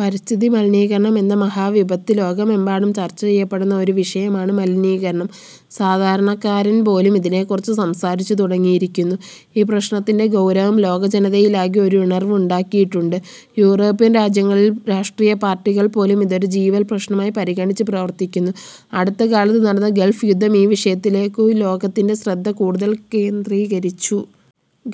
പരിസ്ഥിതി മലിനീകരണം എന്ന മഹാവിപത്ത്: ലോകമെമ്പാടും ചർച്ചചെയ്യപ്പെടുന്ന ഒരു വിഷയമാണ് മലിനീകരണം. സാധാരണക്കാരൻപോലും ഇതിനെക്കുറിച്ച് സംസാരിച്ചു തുടങ്ങിയി രിക്കുന്നു. ഈ പ്രശ്നത്തിന്റെ ഗൗരവം ലോകജനതയിലാകെ ഒരു ഉണർവ്വ് ഉണ്ടാക്കിയിട്ടുണ്ട്. യൂറോപ്യൻ രാജ്യങ്ങളിൽ രാഷ്ട്രീയപാർട്ടി കൾപോലും ഇതൊരു ജീവൽപ്രശ്നമായി പരിഗണിച്ച് പ്രവർത്തിക്കുന്നു. അടുത്തകാലത്തു നടന്ന ഗൾഫ് യുദ്ധം ഈ വിഷയത്തിലേക്കു ലോക ത്തിന്റെ ശ്രദ്ധ കൂടുതൽ കേന്ദ്രീകരിച്ചു.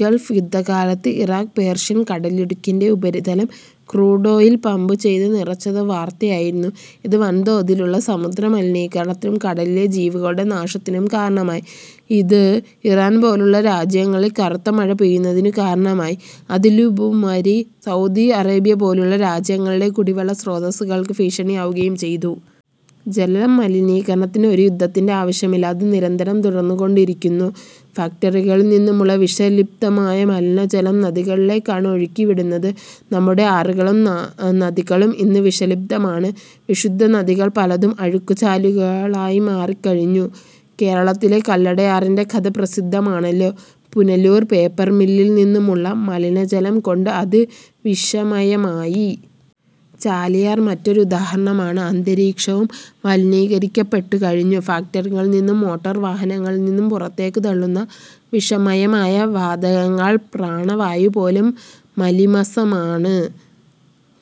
ഗൾഫ് യുദ്ധകാലത്ത് ഇറാക്ക് പേർഷ്യൻ കടലിടുക്കിന്റെ ഉപരിതലം ക്രൂഡോയിൽ പമ്പു ചെയ്ത നിറച്ചത് വാർത്തയായിരുന്നു. ഇത് വൻതോതിലുള്ള സമുദ്ര മലിനീക രണത്തിനും കടലിലെ ജീവികളുടെ നാശത്തിനും കാരണമായി. ഇത് ഇറാൻപോലുള്ള രാജ്യങ്ങളിൽ കറുത്തമഴ പെയ്യുന്നതിനു കാരണമായി. അതിലുമുപരി സൗദി അറേബ്യപോലുള്ള രാജ്യങ്ങളിലെ കുടിവെള്ള സ്രോതസ്സുകൾക്കു ഭീഷണിയാവുകയും ചെയ്തു. ജലമലിനീകരണത്തിന് ഒരു യുദ്ധത്തിന്റെ ആവശ്യമില്ല. അത് നിരന്തരം തുടർന്നുകൊണ്ടിരിക്കുന്നു. ഫാക്ടറികളിൽനിന്നുമുള്ള വിഷ ലിപ്തമായ മലിനജലം നദികളിലേക്കാണ് ഒഴുക്കിവിടുന്നത്. നമ്മുടെ ആറുകളും നദികളും ഇന്ന് വിഷലിപ്തമാണ്. വിശുദ്ധനദികൾ പലതും അഴുക്കുചാലുകളായി മാറിക്കഴിഞ്ഞു. കേരളത്തിലെ കല്ലടയാറിന്റെ കഥ പ്രസിദ്ധമാണല്ലോ. പുനലൂർ പേപ്പർ മില്ലിൽനിന്നുമുള്ള മലിനജലം കൊണ്ട് അത് വിഷമയമായി. ചാലിയാർ മറ്റൊരു ഉദാഹരണമാണ്. അന്തരീക്ഷവും മലിനീകരിക്കപ്പെട്ടുകഴിഞ്ഞു. ഫാക്ടറികളിൽ നിന്നും മോട്ടോർ വാഹനങ്ങളിൽനിന്നും പുറത്തേക്കു തള്ളുന്ന വിഷ മയമായ വാതകങ്ങളാൽ പ്രാണവായുപോലും മലീമസമാണ്.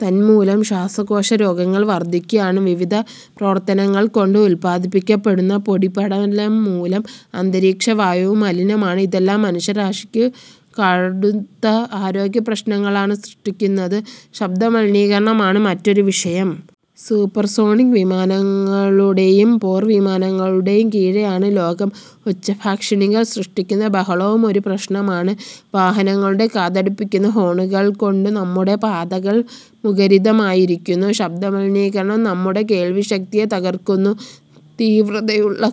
തന്മൂലം ശ്വാസകോശരോഗങ്ങൾ വർധിക്കുകയാണ്. വിവിധ പ്രവർത്തനങ്ങൾ കൊണ്ട് ഉത്പാദിപ്പിക്കപ്പെടുന്ന പൊടിപടലംമൂലം അന്തരീക്ഷവായുവും മലിനമാണ്. ഇതെല്ലാം മുനഷ്യരാശിക്കു കടുത്ത ആരോഗ്യപ്രശ്നങ്ങ ളാണ് സൃഷ്ടിക്കുന്നത്. ശബ്ദമലിനീകരണമാണ് മറ്റൊരു വിഷയം. സൂപ്പർസോണിക് വിമാ നങ്ങളുടെയും പോർവിമാനങ്ങളുടെ കീഴെയാണ് ലോകം. ഉച്ചഭാഷി ണികൾ സൃഷ്ടിക്കുന്ന ബഹളവും ഒരു പ്രശ്നമാണ്. വാഹനങ്ങളുടെ കാതടപ്പിക്കുന്ന ഹോണുകൾകൊണ്ടു നമ്മുടെ പാതകൾ മുഖരിതമാ യിരിക്കുന്നു. ശബ്ദമലിനീകരണം നമ്മുടെ കേൾവിശക്തിയെ തകർ ക്കുന്നു. തീവ്രതയുള്ള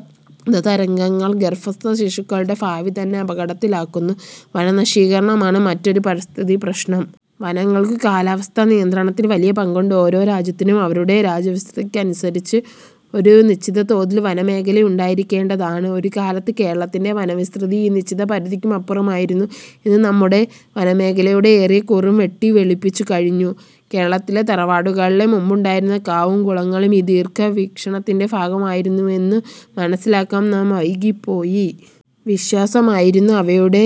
ശബ്ദതരംഗങ്ങൾ ഗർഭസ്ഥശിശുക്കളുടെ ഭാവി തന്നെ അപകടത്തിലാക്കുന്നു. വനനശീകരണമാണ് മറ്റൊരു പരിസ്ഥിതിപ്രശ്നം. വനങ്ങൾക്കു കാലാവസ്ഥാനിയന്ത്രണത്തിൽ വലിയ പങ്കുണ്ട്. ഓരോ രാജ്യത്തിനും അവരുടെ രാജ്യവിസ്തൃതിക്കനുസരിച്ച് ഒരു നിശ്ചിതതോതിൽ വന മേഖലയുണ്ടായിരിക്കേണ്ടതാണ്. ഒരുകാലത്ത് കേരളത്തിന്റെ വന വിസ്തൃതി ഈ നിശ്ചിതപരിധിക്കും അപ്പുറമായിരുന്നു. ഇന്നു നമ്മുടെ വനമേഖലയുടെ ഏറിയകൂറും വെട്ടിവെളിപ്പിച്ചു കഴിഞ്ഞു. കേരളത്തിലെ തറവാടുകളിലെ മുമ്പുണ്ടായിരുന്ന കാവും കുളങ്ങളും ഈ ദീർഘവീക്ഷ ണത്തിന്റെ ഭാഗമായിരുന്നു എന്നു മനസ്സിലാക്കാൻ നാം വൈകി പ്പോയി. വിശ്വാസമായിരുന്നു അവയുടെ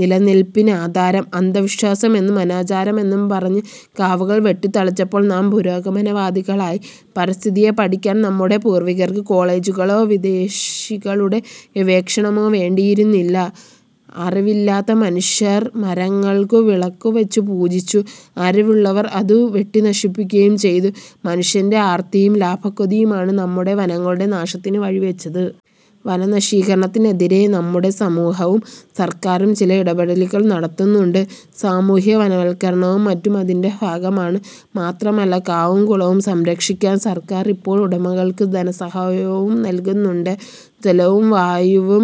നിലനില്പിന് ആധാരം. അന്ധ വിശ്വാസം എന്നും അനാചാരമെന്നും പറഞ്ഞ് കാവുകൾ വെട്ടിത്ത ളിച്ചപ്പോൾ നാം പുരോഗമനവാദികളായി. പരിസ്ഥിതിയെ പഠിക്കാൻ നമ്മുടെ പൂർവികർക്കു കോളജുകളോ വിദേശികളുടെ ഗവേഷണമോ വേണ്ടിയിരുന്നില്ല. അറിവില്ലാത്ത മനുഷ്യർ മരങ്ങൾക്കു വിളക്കുവച്ചു പൂജിച്ചു. അറിവുള്ളവർ അതു വെട്ടിനശിപ്പിക്കുകയും ചെയ്തു. മനു ഷ്യന്റെ ആർത്തിയും ലാഭക്കൊതിയുമാണ് നമ്മുടെ വനങ്ങളുടെ നാശത്തിനു വഴിവച്ചത്. വനനശീകരണത്തിന് എതിരേ നമ്മുടെ സമൂ ഹവും സർക്കാരും ചില ഇടപെടലുകൾ നടത്തുന്നുണ്ട്. സാമൂഹിക വനവൽക്കരണവും മറ്റും അതിന്റെ ഭാഗമാണ്. മാത്രമല്ല, കാവും കുള വും സംരക്ഷിക്കാൻ സർക്കാർ ഇപ്പോൾ ഉടമകൾക്കു ധനസഹായവും നല്കുന്നുണ്ട്. ജലവും വായുവും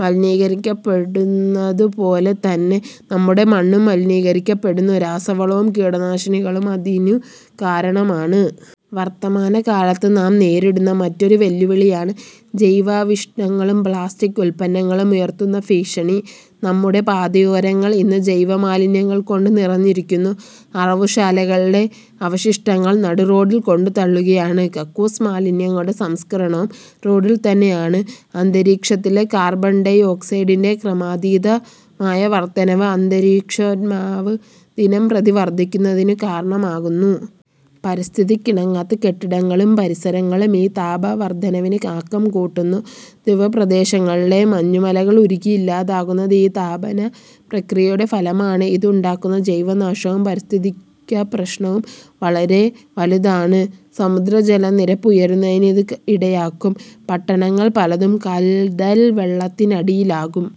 മലിനീകരിക്കപ്പെടുന്നതുപോലെതന്നെ നമ്മുടെ മണ്ണും മലിനീകരിക്കപ്പെടുന്നു. രാസവളവും കീടനാശിനികളും അതിനു കാരണമാണ്. വർത്തമാനകാലത്ത് നാം നേരിടുന്ന മറ്റൊരു വെല്ലുവി ളിയാണ് ജൈവാവശിഷ്ടങ്ങളും പ്ലാസ്റ്റിക് ഉത്പന്നങ്ങളും ഉയർത്തുന്ന ഭീഷണി. നമ്മുടെ പാതയോരങ്ങൾ ഇന്നു ജൈവമാലിന്യങ്ങൾകൊണ്ടു നിറഞ്ഞിരിക്കുന്നു. അറവുശാലകളിലെ അവശിഷ്ടങ്ങൾ നടുറോഡിൽ കൊണ്ടുത്തള്ളുകയാണ്. കക്കൂസ് മാലിന്യങ്ങളുടെ സംസ്കരണവും റോഡിൽതന്നെയാണ്. അന്തരീക്ഷത്തിലെ കാർബൺ ഡൈ ഓക്സൈഡിന്റെ ക്രമാതീത മായ വർദ്ധനവ് അന്തരീക്ഷോഷ്മാവ് ദിനംപ്രതി വർദ്ധിക്കുന്നതിനു കാരണമാകുന്നു. പരിസ്ഥിതിക്കിണങ്ങാത്ത കെട്ടിടങ്ങളും പരിസര ങ്ങളും ഈ താപവർദ്ധനവിന് ആക്കം കൂട്ടുന്നു. ധ്രുവപ്രദേശങ്ങളിലെ മഞ്ഞുമലകൾ ഉരുകിയില്ലാതാകുന്നത് ഈ താപനപ്രക്രിയയുടെ ഫല മാണ്. ഇത് ഉണ്ടാക്കുന്ന ജൈവനാശവും പാരിസ്ഥിതികപ്രശ്നവും വളരെ വലുതാണ്. സമുദ്രജലനിരപ്പ് ഉയരുന്നതിന് ഇത് ഇടയാക്കും. പട്ടണങ്ങൾ പലതും കടൽവെള്ളത്തിനടിയിലാകും.